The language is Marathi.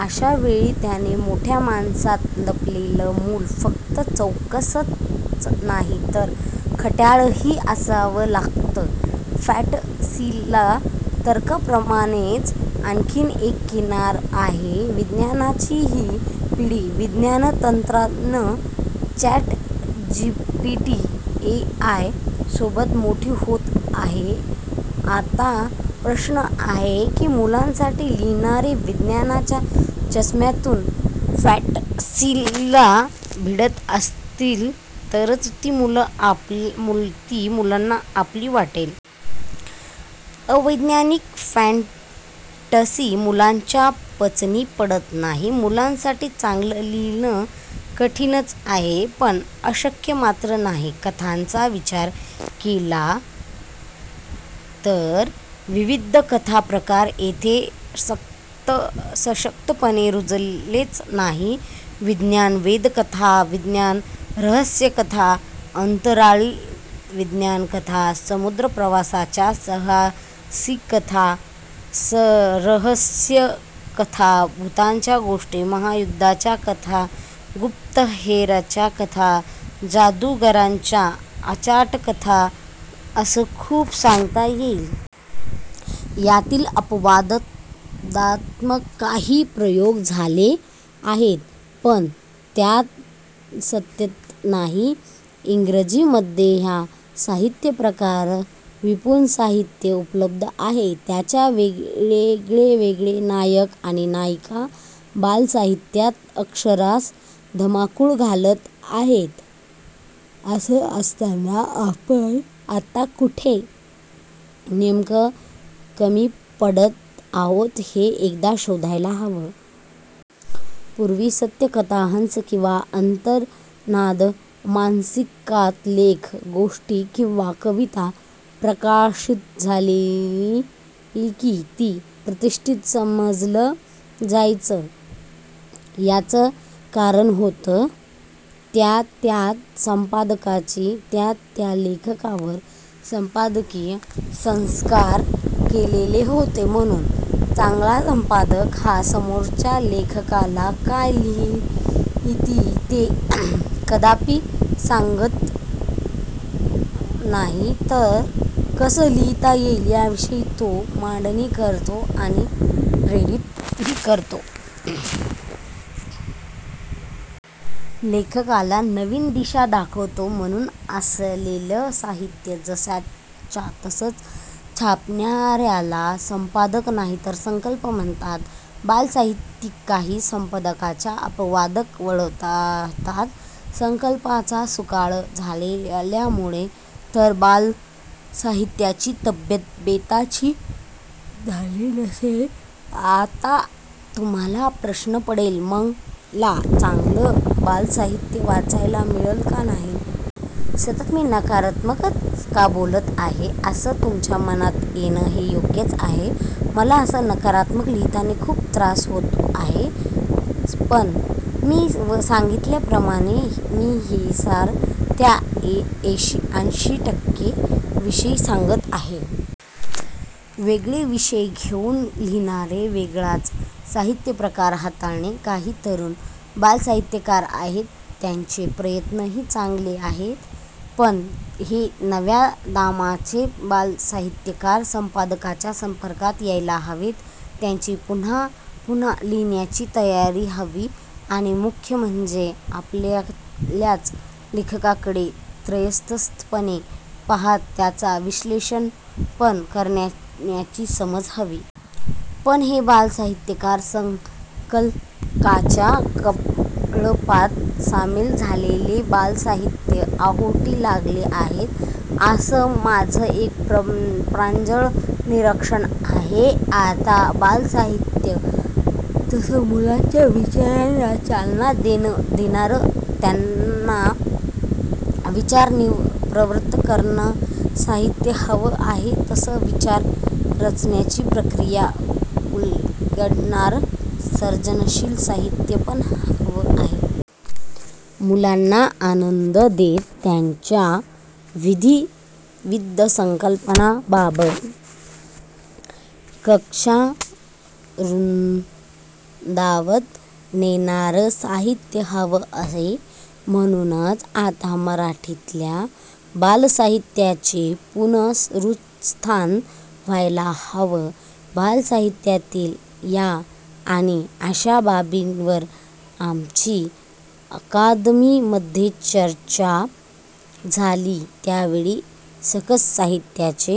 अशावेळी त्या मोठ्या माणसात लपलेलं मूल फक्त चौकसंच नाही तर खट्याळ ही असावं लागतं. फॅंटसीला तर्काप्रमाणेच आणखी एक किनार आहे विज्ञानाची. ही पिढी विज्ञान तंत्रज्ञान, चॅटजिपीटी, एआय सोबत मोठी होत आहे. आता प्रश्न असा आहे की मुलांसाठी लिहिणारे विज्ञानाच्या चष्म्यातून फॅंटसीला भिडत असतील तरच ती मुलांना आपली वाटेल. अवैज्ञानिक फॅंटसी मुलांच्या पचनी पडत नाही. मुलांसाठी चांगलं लिहिणं कठीणंच आहे पण अशक्य मात्र नाही. कथांचा विचार केला तर विविध कथाप्रकार इथे सशक्तपणे रुजलेच नाहीत. विज्ञान वेधकथा, विज्ञान रहस्यकथा, अंतराळविज्ञान कथा, समुद्रप्रवासाच्या साहसीकथा, रहस्यकथा, भुतांच्या गोष्टी, महायुध्दांच्या कथा, गुप्तहेरांच्या कथा, जादुगारांच्या अचाटकथा असं खूप सांगता येईल. यातील अपवादात्मक काही प्रयोग झाले आहेत पण त्यात सातत्य नाही. इंग्रजीमधे या साहित्यप्रकारात विपूल साहित्य उपलब्ध आहे. त्यांच्या वेगवेगळे नायक आणि नायिका बालसाहित्यात अक्षरश धुमाकूळ घालत आहेत. असं असताना आपण आत्ता नेमकं कुठे कमी पडत आहोत हे एकदा शोधायलाच हवं. पूर्वी सत्यकथा, हंस किंवा अंतर्नाद मासिकात लेख, गोष्ट किंवा कविता प्रकाशित झाली की ते प्रतिष्टीत समजलं जायचं. याचं कारण होतं त्या-त्या संपादकानी त्या-त्या लेखनावर संपादकीय संस्कार केलेले आहेत म्हणून. चांगला संपादक हा समोरच्या लेखकाला काय लिही ते कदापी सांगत नाही, तर कसं लिहिता येईल याविषयी तो मांडणी करतो आणि प्रेरित ही करतो. लेखकाला नवीन दिशा दाखवतो. म्हणूनच आलेलं साहित्य जसंच्या तसं छापणार्याला संपादक नाहीतर संकलक म्हणतात. बालसाहित्यातील काही संपादकांचा अपवाद वगळता संकलकांचाच सुकाळ झाल्यामुळे तर बालसाहित्याची तब्येत बेताचीच झाली नसेल? आता तुम्हाला प्रश्न पडेल, मला चांगलं बालसाहित्य वाचायलाच मिळालं नाही का? सतत मी नकारात्मकच का बोलत आहे? असं तुमच्या मनात येणं हे योग्यच आहे. मला असं नकारात्मक लिहिताना खूप त्रास होतो आहेच. पण मी वर सांगितल्याप्रमाणे मी हे सारं त्या ऐंशी टक्कें विषयी सांगत आहे. वेगळे विषय घेऊन लिहिणारे, वेगळाच साहित्यप्रकार हाताळणारे काही तरुण बालसाहित्यकार आहेत. त्यांचे प्रयत्न ही चांगले आहेत. पण हे नव्या दमाचे बालसाहित्यकार संपादकांच्या संपर्कात यायला हवेत त्यांची पुन्हा पुन्हा लिहिण्याची तयारी हवी आणि मुख्य म्हणजे आपल्याच लेखनाकडे त्रयस्थपणे पाहात त्याचं विश्लेषण करण्याची समज हवी. पण हे बालसाहित्यकार संकलकांच्या कळपात सामील झाल्याने बालसाहित्याला ओहोटी लागते आहे असं माझं एक प्रांजळ निरीक्षण आहे. आता बालसाहित्यात जसं मुलांच्या विचारांना चालना देणारं त्यांना विचार प्रवृत्त करणारं साहित्य हवं आहे तसंच विचार रचण्याची प्रक्रिया उलगडणारं सर्जनशील साहित्य पण हवं आहे. मुलांना आनंद देत त्यांच्या विविध संकल्पनांबाबतच्या कक्षा रुंदावत नेणारं साहित्य हवं आहे. म्हणूनच आता मराठीतल्या बालसाहित्याचे पुनरुत्थान व्हायला हवं. बालसाहित्यातील या आणि अशा बाबींवर आमची अकादमीमधे चर्चा झाली. त्यावेळी सकस साहित्याचे